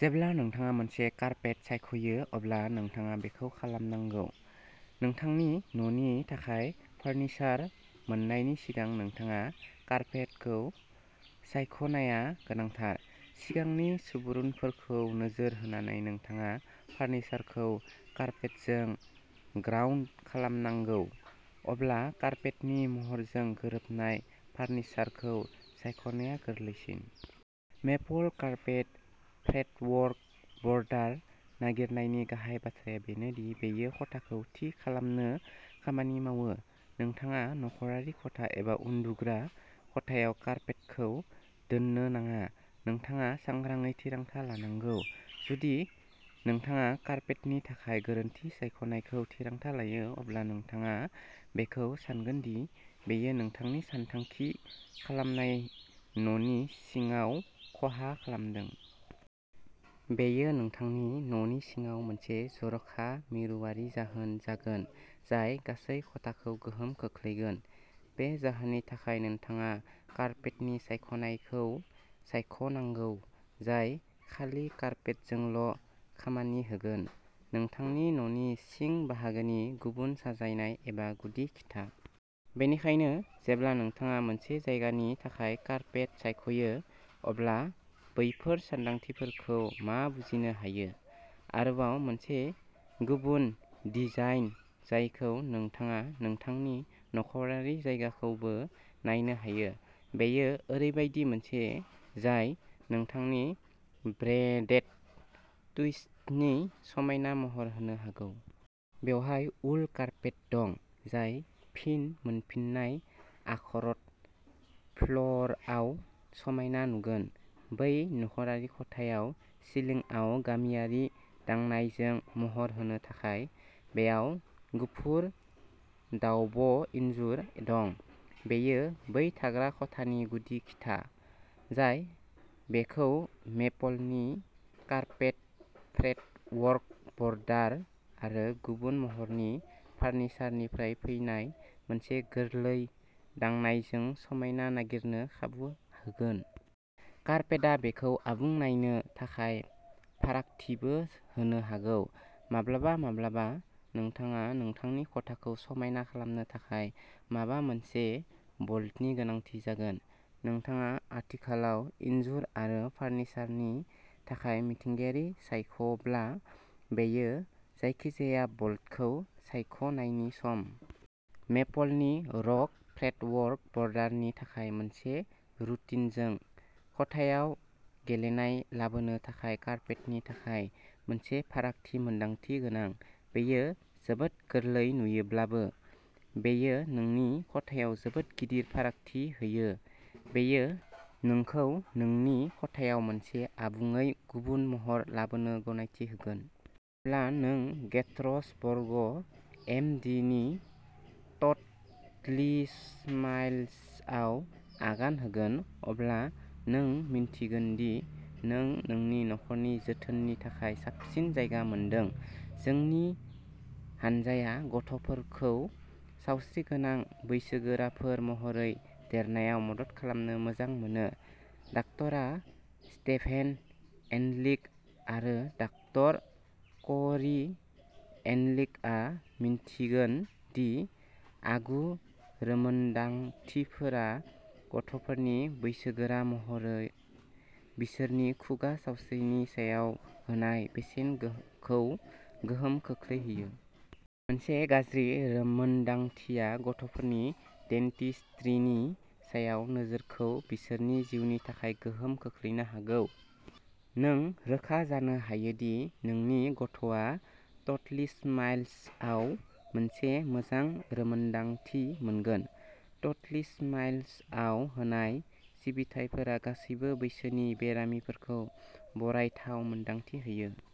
जेब्ला नोंथाङा मोनसे कारपेट सायख'यो अब्ला नोंथाङा बेखौ खालामनांगौ। नोंथांनि न'नि थाखाय फार्निचार मोननायनि सिगां नोंथाङा कारपेटखौ सायख'नाया गोनांथार। सिगांनि सुबुरुनफोरखौ नोजोर होनानै नोंथाङा फार्निचारखौ कारपेटजों ग्राउन्ड खालामनांगौ, अब्ला कारपेटनि महरजों गोरोबनाय फार्निचारखौ सायख'नाया गोरलैसिन। मेपल कारपेट फ्रेटवर्क बर्डार नागिरनायनि गाहाय बाथ्राया बेनो दि बेयो खथाखौ थि खालामनो खामानि मावो। नोंथाङा नखरारि खथा एबा उन्दुग्रा खथायाव कारपेटखौ दोननो नाङा, नोंथाङा सांग्राङै थिरांथा लानांगौ। जुदि नोंथाङा कारपेटनि थाखाय गोरोन्थि सायख'नायखौ थिरांथा लायो, अब्ला नोंथाङा बेखौ सानगोन दि बेयो नोंथांनि सानथांखि खालामनाय न'नि सिङाव खहा खालामदों। बेयो नोंथांनि न'नि सिङाव मोनसे जर'खा मिरुवारि जाहोन जागोन जाय गासै खथाखौ गोहोम खोख्लैगोन। बे जाहोननि थाखाय नोंथाङा कारपेटनि सायख'नायखौ सायख'नांगौ जाय खालि कारपेटजोंल'खामानि होगोन। नोंथांनि न'नि सिं बाहागोनि गुबुन साजायनाय एबा गुदि खिथा। बेनिखायनो, जेब्ला नोंथाङा मोनसे जायगानि थाखाय कारपेट सायख'यो, अब्ला बैफोर सानदांथिफोरखौ मा बुजिनो हायो? आरोबाव मोनसे गुबुन डिजाइन जायखौ नोंथाङा नोंथांनि नख'रारि जायगाखौबो नायनो हायो, बेयो ओरैबायदि मोनसे जाय नोंथांनो ब्रेडेड टुइस्टनि समायना महर होनो हागौ। बेवहाय उल कारपेट दं, जाय फिन मोनफिननाय आखरट फ्ल'रआव समायना नुगोन। बै नख'रारि खथायाव सिलिंआव गामियारि दांनायजों महर होनो थाखाय, बेयाव गुफुर दावब'इनजुर दं। बेयो बै थाग्रा खथानि गुदि खिथा, जाय बेखौ मेपलनि कारपेट फ्रेटवर्क बर्डार आरो गुबुन महरनि फार्निचारनिफ्राय फैनाय मोनसे गोरलै दांनायजों समायना नागिरनो खाबु होगोन। कारपेटआ बेखौ आबुं नायनो थाखाय फारागथिबो होनो हागौ। माब्लाबा-माब्लाबा, नोंथाङा नोंथांनि खथाखौ समायना खालामनो थाखाय माबा मोनसे बल्डनि गोनांथि जागोन। नोंथाङा आथिखालाव इनजुर आरो फार्निचारनि थाखाय मिथिंगायारि सायख'ब्ला, बेयो जायखिजाया बल्डखौ सायख'नायनि सम। मेपलनि रग फ्रेटवर्क बर्डारनि थाखाय मोनसे रुटिनजों। खथायाव गेलेनाय लाबोनो थाखाय कारपेटनि थाखाय मोनसे फारागथि मोनदांथि गोनां। बेयो जोबोद गोरलै नुयोब्लाबो, बेयो नोंनि खथायाव जोबोद गिदिर फारागथि होयो। बेयो नोंखौ नोंनि खथायाव मोनसे आबुङै गुबुन महर लाबोनो गनायथि होगोन। जेब्ला नों गेथर्सबर्ग, एम. डि. नि टटलिस्माइल्सआव आगान होगोन, अब्ला नों मिन्थिगोन दि नों नोंनि नखरनि जोथोननि थाखाय साबसिन जायगा मोनदों। जोंनि हानजाया गथ'फोरखौ सावस्रिगोनां बैसोगोराफोर महरै देरनायाव मदद खालामनो मोजां मोनो। डाक्टार स्टेभेन एनलिक आरो डाक्टार क'री एनलिकआ मिन्थिगोन दि आगु रोंमोनदांथिफोरा गथ'फोरनि बैसोगोरा महरै बिसोरनि खुगा सावस्रिनि सायाव होनाय बेसेनखौ गोहोम खोख्लैयो। मोनसे गाज्रि रोंमोनदांथिया गथ'फोरनि डेन्टिस्ट्रीनि सायाव नोजोरखौ बिसोरनि जिउनि थाखाय गोहोम खोख्लैनो हागौ। नों रोखा जानो हायो दि नोंनि गथ'आ टटलीस्माइल्सआव मोनसे मोजां रोंमोनदांथि मोनगोन। टटलीस्माइल्सआव होनाय सिबिथाइफोरा गासैबो बैसोनि बेरामिफोरखौ बरायथाव मोनदांथि होयो।